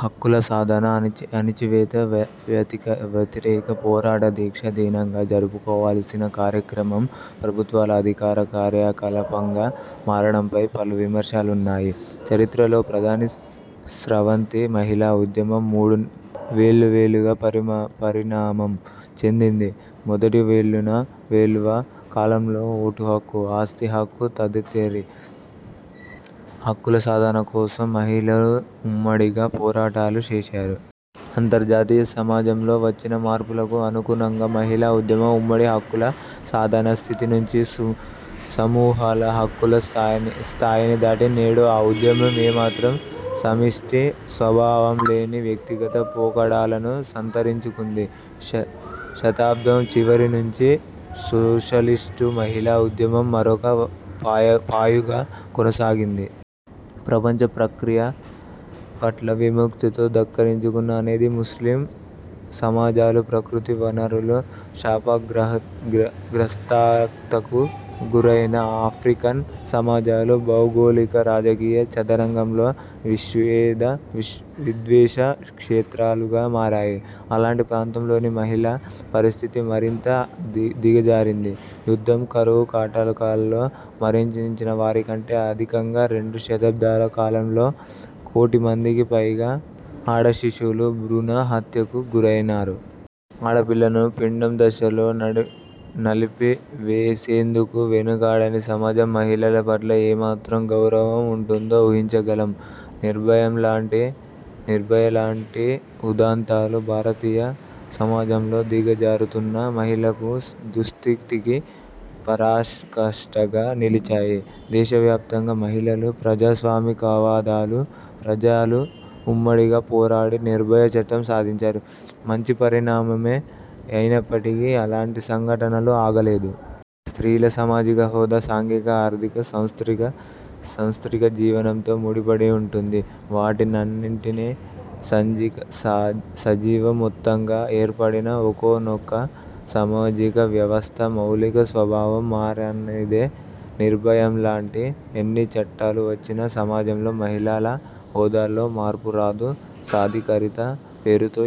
హక్కుల సాధన, అణచివేత వ్యతిరేక పోరాట దీక్షా దినంగా జరుపుకోవలసిన కార్యక్రమం ప్రభుత్వాల అధికార కార్యకలాపంగా మారడంపై పలు విమర్శలున్నాయి. చరిత్రలో ప్రధాన స్రవంతి మహిళా ఉద్యమం మూడు వెల్లువలుగా పరిణామం చెందింది. మొదటి వెల్లువ కాలంలో ఓటు హక్కు, ఆస్తి హక్కు తదితర హక్కుల సాధన కోసం మహిళలు ఉమ్మడిగా పోరాటాలు చేశారు. అంతర్జాతీయ సమాజంలో వచ్చిన మార్పులకు అనుగుణంగా మహిళా ఉద్యమం ఉమ్మడి హక్కుల సాధన స్థితి నుంచి సమూహాల హక్కుల స్థాయిని దాటి, నేడు ఆ ఉద్యమం ఏ మాత్రం సమిష్టి స్వభావం లేని వ్యక్తిగత పోకడలను సంతరించుకుంది. శతాబ్దం చివరి నుంచి సోషలిస్టు మహిళా ఉద్యమం మరొక పాయగా కొనసాగింది. ప్రపంచీకరణ ప్రక్రియ పట్ల విముఖతతో ధిక్కరించిన అనేక ముస్లిం సమాజాలు, ప్రకృతి వనరుల శాపగ్రస్తతకు గురైన ఆఫ్రికన్ సమాజాలు భౌగోళిక రాజకీయ చదరంగంలో విద్వేష క్షేత్రాలుగా మారాయి. అలాంటి ప్రాంతాల్లోని మహిళల పరిస్థితి మరింతగా దిగజారింది. యుద్ధం, కరువు కాటకాల్లో మరణించిన వారికంటే అధికంగా రెండు దశాబ్దాలకాలంలో కోటిమందికి పైగా ఆడశిశువులు భ్రూణ హత్యకు గురైనారు. ఆడపిల్లలను పిండదశలో నలిపివేసేందుకు వెనకాడని సమాజం మహిళల పట్ల ఏమాత్రం గౌరవంగా ఉంటుందో ఊహించగలం. నిర్భయ లాంటి ఉదంతాలు భారతీయ సమాజంలో దిగజారుతున్న మహిళల దుస్థితికి పరాకాష్ఠగా నిలిచాయి. దేశవ్యాప్తంగా మహిళలు, ప్రజాస్వామికవాదులు, ప్రజలు ఉమ్మడిగా పోరాడి నిర్భయ చట్టం సాధించారు. మంచి పరిణామమే అయినప్పటికీ, అలాంటి సంఘటనలు ఆగలేదు. స్త్రీల సామాజిక హోదా సాంఘిక, ఆర్థిక, సాంస్కృతిక జీవనంతో ముడిపడి ఉంటుంది. వాటన్నింటి సజీవ మొత్తంగా ఏర్పడిన ఒకానొక సామాజిక వ్యవస్థ మౌలిక స్వభావం మారనిదే నిర్భయలాంటి ఎన్ని చట్టాలు వచ్చినా సమాజంలో మహిళల హోదాలో మార్పురాదు. సాధికారిత పేరుతో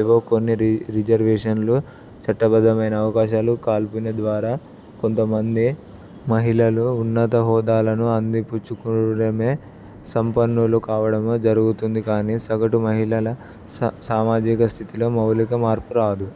ఏవో కొన్ని రిజర్వేషన్లు, చట్టబద్ధమైన అవకాశాల కల్పన ద్వారా కొద్దిమంది మహిళలు ఉన్నత హోదాలను అందిపుచ్చుకోవడమో, సంపన్నులు కావడమో జరుగుతుంది కానీ, సగటు మహిళల సామాజిక స్థితిలో మౌలిక మార్పు రాదు.